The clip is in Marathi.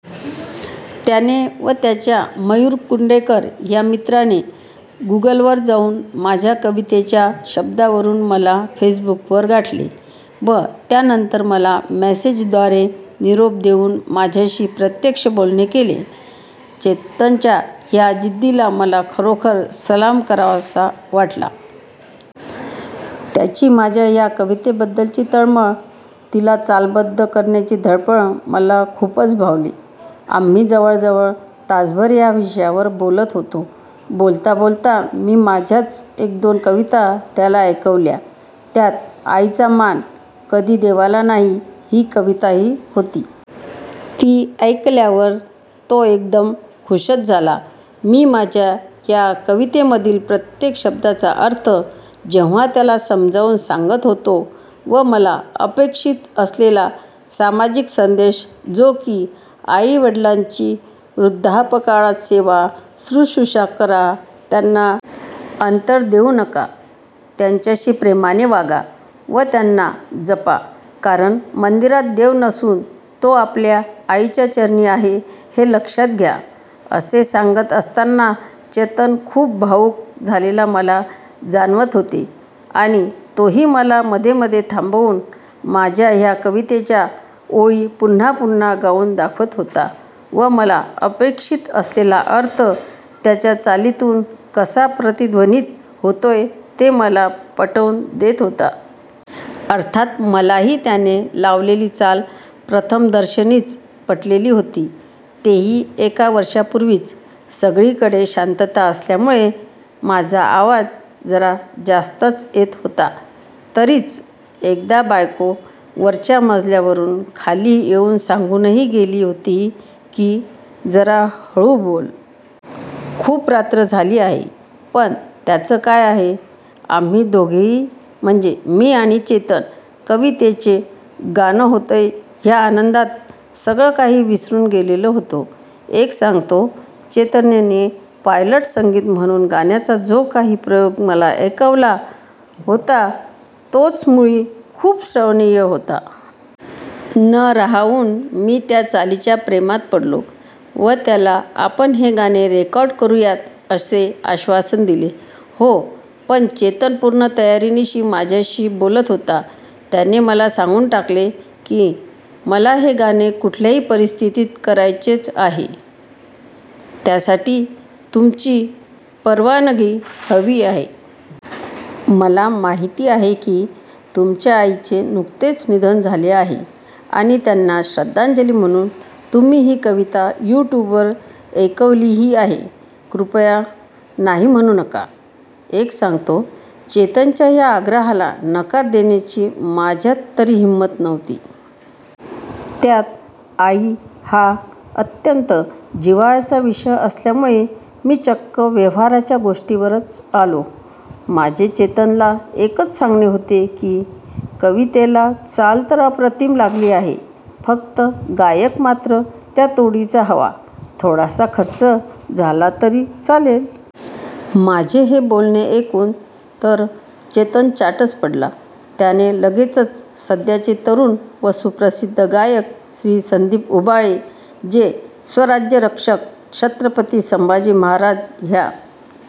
त्याने व त्याच्या मयूर कुंडेकर ह्या मित्राने गुगलवर जाऊन माझ्या कवितेच्या शब्दांवरून मला फेसबुकवर गाठले व त्यानंतर मला मेसेंजरद्वारे निरोप देऊन माझ्याशी प्रत्यक्ष बोलणे केले. चेतनच्या ह्या जिद्दीला मला खरोखर सलाम करावासा वाटला. त्याची माझ्या ह्या कवितेबद्दलची तळमळ, तिला चालबद्ध करण्याची धडपड मला खूपच भावली. आम्ही जवळजवळ तासभर ह्या विषयावर बोलत होतो. बोलता बोलता मी माझ्याच एक दोन कविता त्याला ऐकवल्या. त्यात आईचा मान कधी देवाला नाही ही कविताही होती. ती ऐकल्यावर तो एकदम खूशच झाला. मी माझ्या ह्या कवितेमधील प्रत्येक शब्दाचा अर्थ जेव्हा त्याला समजावून सांगत होतो व मला अपेक्षित असलेला सामाजिक संदेश जो की आई वडिलांची वृद्धापकाळात सेवा, सुश्रुषा करा, त्यांना अंतर देऊ नका, त्यांच्याशी प्रेमाने वागा व त्यांना जपा, कारण मंदिरात देव नसून तो आपल्या आईच्या चरणी आहे हे लक्षात घ्या, असे सांगत असताना चेतन खूप भावूक झालेला मला जाणवत होते आणि तोही मला मध्ये मध्ये थांबवून माझ्या ह्या कवितेच्या ओळी पुन्हा पुन्हा गाऊन दाखवत होता व मला अपेक्षित असलेला अर्थ त्याच्या चालीतून कसा प्रतिध्वनित होतोय ते मला पटवून देत होता. अर्थात मलाही, त्याने लावलेली चाल प्रथमदर्शनीच पटलेली होती, तेही एक वर्षापूर्वीच! सगळीकडे शांतता असल्यामुळे माझा आवाज जरा जास्तच येत होता. तरीच एकदा बायको वरच्या मजल्यावरून खाली येऊन सांगूनही गेली होती की, जरा हळू बोल! खूप रात्र झाली आहे! पण त्याचं काय आहे, आम्ही दोघेही म्हणजे मी आणि चेतन कवितेचे गाणं होतंय ह्या आनंदात सगळे काही विसरून गेलेलो होतो. एक सांगतो, चेतनने पायलट संगीत म्हणून गाण्याचा जो काही प्रयोग मला ऐकवला होता तोच मुळी खूप श्रवणीय होता. न राहवून मी त्या चालीच्या प्रेमात पडलो व त्याला आपण हे गाणे रेकॉर्ड करूयात असे आश्वासन दिले. हो पण चेतन पूर्ण तयारीनिशी माझ्याशी बोलत होता. त्याने मला सांगून टाकले की, मला हे गाणे कुठल्याही परिस्थितीत करायचेच आहे, त्यासाठी तुमची परवानगी हवी आहे. मला माहिती आहे की तुमच्या आईचे नुकतेच निधन झाले आहे आणि त्यांना श्रद्धांजली म्हणून तुम्ही ही कविता यूट्यूबवर ऐकवलीही आहे. कृपया नाही म्हणू नका! एक सांगतो, चेतनच्या ह्या आग्रहाला नकार देण्याची माझ्यात तरी हिंमत नव्हती. त्यात आई हा अत्यंत जिव्हाळ्याचा विषय असल्यामुळे मी चक्क व्यवहाराच्या गोष्टींवरच आलो. माझे चेतनला एकच सांगणे होते की, कवितेला चाल तर अप्रतिम लागली आहे, फक्त गायक मात्र त्या तोडीचा हवा. थोडासा खर्च झाला तरी चालेल. माझे हे बोलणे ऐकून तर चेतन चाटच पडला. त्याने लगेचच सध्याचे तरुण व सुप्रसिद्ध गायक श्री. संदीप उबाळे, जे स्वराज्यरक्षक छत्रपती संभाजी महाराज ह्या